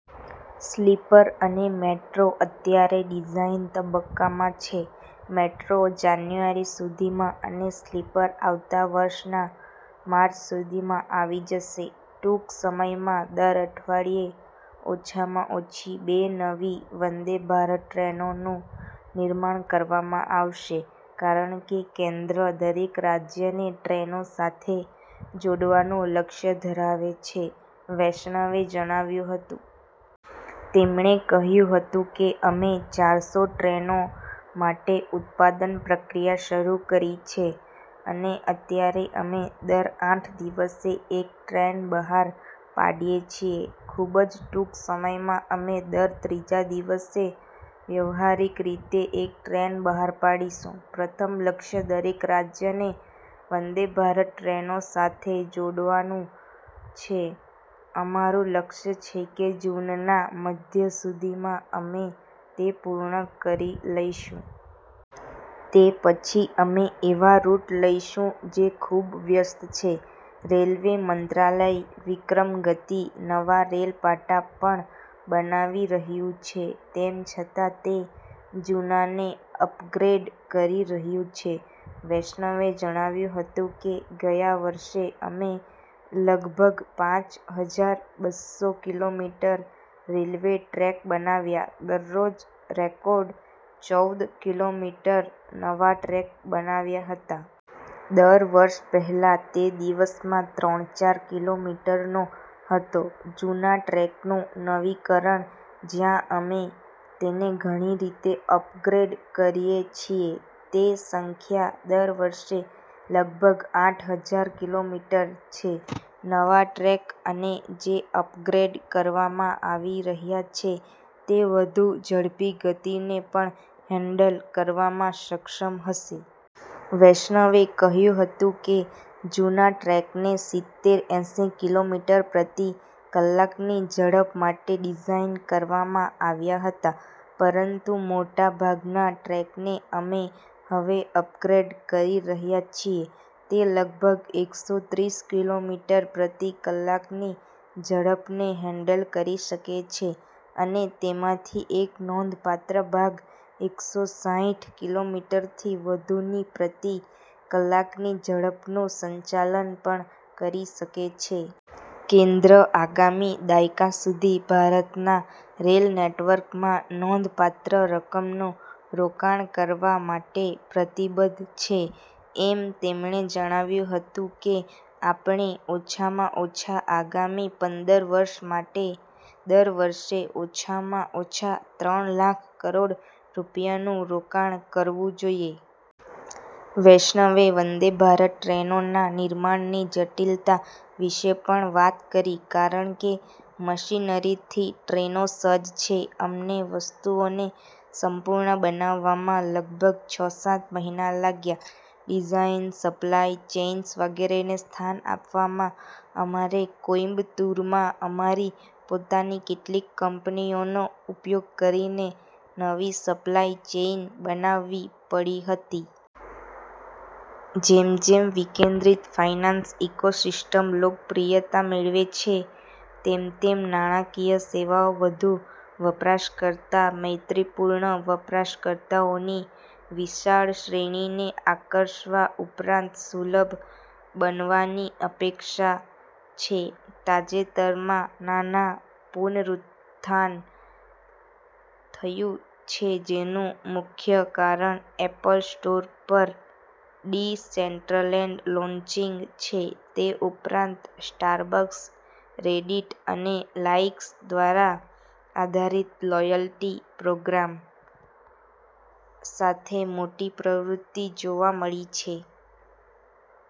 Sleeper અને metro અત્યારે design તબક્કામાં છે. મેટ્રો જાન્યુઆરી સુધીમાં અને સ્લીપર આવતા વર્ષના માર્ચ સુધીમાં આવી જશે. ટૂંક સમયમાં, દર અઠવાડિયે ઓછામાં ઓછી બે નવી વંદે ભારત ટ્રેનોનું નિર્માણ કરવામાં આવશે કારણ કે કેન્દ્ર દરેક રાજ્યને ટ્રેનો સાથે જોડવાનું લક્ષ્ય ધરાવે છે, વૈષ્ણવે જણાવ્યું હતું. તેમણે કહ્યું હતું કે, "અમે ચારસો ટ્રેનો માટે ઉત્પાદન પ્રક્રિયા શરૂ કરી છે અને અત્યારે અમે દર આઠ દિવસે એક ટ્રેન બહાર પાડીએ છીએ. ખૂબ જ ટૂંક સમયમાં અમે દર ત્રીજા દિવસે વ્યવહારીક રીતે એક ટ્રેન બહાર પાડીશું, પ્રથમ લક્ષ્ય દરેક રાજ્યને વંદે ભારત ટ્રેનો સાથે જોડવાનું છે, અમારું લક્ષ્ય છે કે જૂનના મધ્ય સુધીમાં અમે તે પૂર્ણ કરી લઈશું. તે પછી અમે એવા રૂટ લઈશું જે ખૂબ વ્યસ્ત છે. " રેલ્વે મંત્રાલય વિક્રમ ગતિ નવા રેલ પાટા પણ બનાવી રહ્યું છે, તેમ છતાં તે જૂનાને અપગ્રેડ કરી રહ્યું છે, વૈષ્ણવે જણાવ્યું હતું કે, "ગયા વર્ષે, અમે લગભગ પાંચ હજાર બસ્સો કિલોમીટર રેલ્વે ટ્રેક બનાવ્યા, દરરોજ રેકોર્ડ ચૌદ કિલોમીટર નવા ટ્રેક બનાવ્યા હતા. દસ વર્ષ પહેલાં, તે દિવસમાં ત્રણ-ચાર કિલોમીટરનો હતો, જૂના ટ્રેકનું નવીકરણ, જ્યાં અમે તેને ઘણી રીતે અપગ્રેડ કરીએ છીએ, તે સંખ્યા દર વર્ષે લગભગ આઠ હજાર કિલોમીટર છે. " નવા ટ્રેક અને જે અપગ્રેડ કરવામાં આવી રહ્યા છે તે વધુ ઝડપી ગતિને પણ હેન્ડલ કરવામાં સક્ષમ હશે. વૈષ્ણવે કહ્યું હતું કે, "જૂના ટ્રેકને સિત્તેર-એંસી કિલોમીટર પ્રતિ કલાકની ઝડપ માટે ડિઝાઇન કરવામાં આવ્યા હતા, પરંતુ મોટા ભાગના ટ્રેકને અમે હવે અપગ્રેડ કરી રહ્યા છીએ, તે લગભગ એકસો ત્રીસ કિલોમીટર પ્રતિ કલાકની ઝડપને હેન્ડલ કરી શકે છે અને તેમાંથી એક નોંધપાત્ર ભાગ એકસો સાઈઠ કિલોમીટરથી વધુની પ્રતિ કલાકની ઝડપનું સંચાલન પણ કરી શકે છે. કેન્દ્ર આગામી દાયકા સુધી ભારતના રેલ નેટવર્કમાં નોંધપાત્ર રકમનું રોકાણ કરવા માટે પ્રતિબદ્ધ છે, એમ તેમણે જણાવ્યું હતું કે, "આપણે ઓછામાં ઓછા આગામી પંદર વર્ષ માટે દર વર્ષે ઓછામાં ઓછા ત્રણ લાખ કરોડ રૂપિયાનું રોકાણ કરવું જોઈએ. " વૈષ્ણવે વંદે ભારત ટ્રેનોના નિર્માણની જટિલતા વિશે પણ વાત કરી, કારણ કે મશીનરીથી ટ્રેનો સજ્જ છે. "અમને વસ્તુઓને સંપૂર્ણ બનાવવામાં લગભગ છ-સાત મહિના લાગ્યા, ડિઝાઇન, સપ્લાય ચેઇન્સ વગેરેને સ્થાન આપવામાં, અમારે કોઇમ્બતુરમાં અમારી પોતાની કેટલીક કંપનીઓનો ઉપયોગ કરીને નવી સપ્લાય ચેઇન બનાવવી પડી હતી. જેમ જેમ વિકેન્દ્રિત ફાઇનાન્સ ઇકોસિસ્ટમ લોકપ્રિયતા મેળવે છે, તેમ તેમ નાણાકીય સેવાઓ વધુ વપરાશકર્તા-મૈત્રીપૂર્ણ, વપરાશકર્તાઓની વિશાળ શ્રેણીને આકર્ષવા ઉપરાંત સુલભ બનવાની અપેક્ષા છે. " તાજેતરમાં નાના પુનરુત્થાન થયું છે જેનું મુખ્ય કારણ એપલ સ્ટોર પર ડીસેન્ટ્રલેન્ડ લોન્ચિંગ છે, તે ઉપરાંત સ્ટારબક્સ, રેડિટ અને લાઇક્સ દ્વારા -આધારિત લોયલ્ટી પ્રોગ્રામ્સ સાથે મોટી પ્રવૃત્તિ જોવા મળી છે.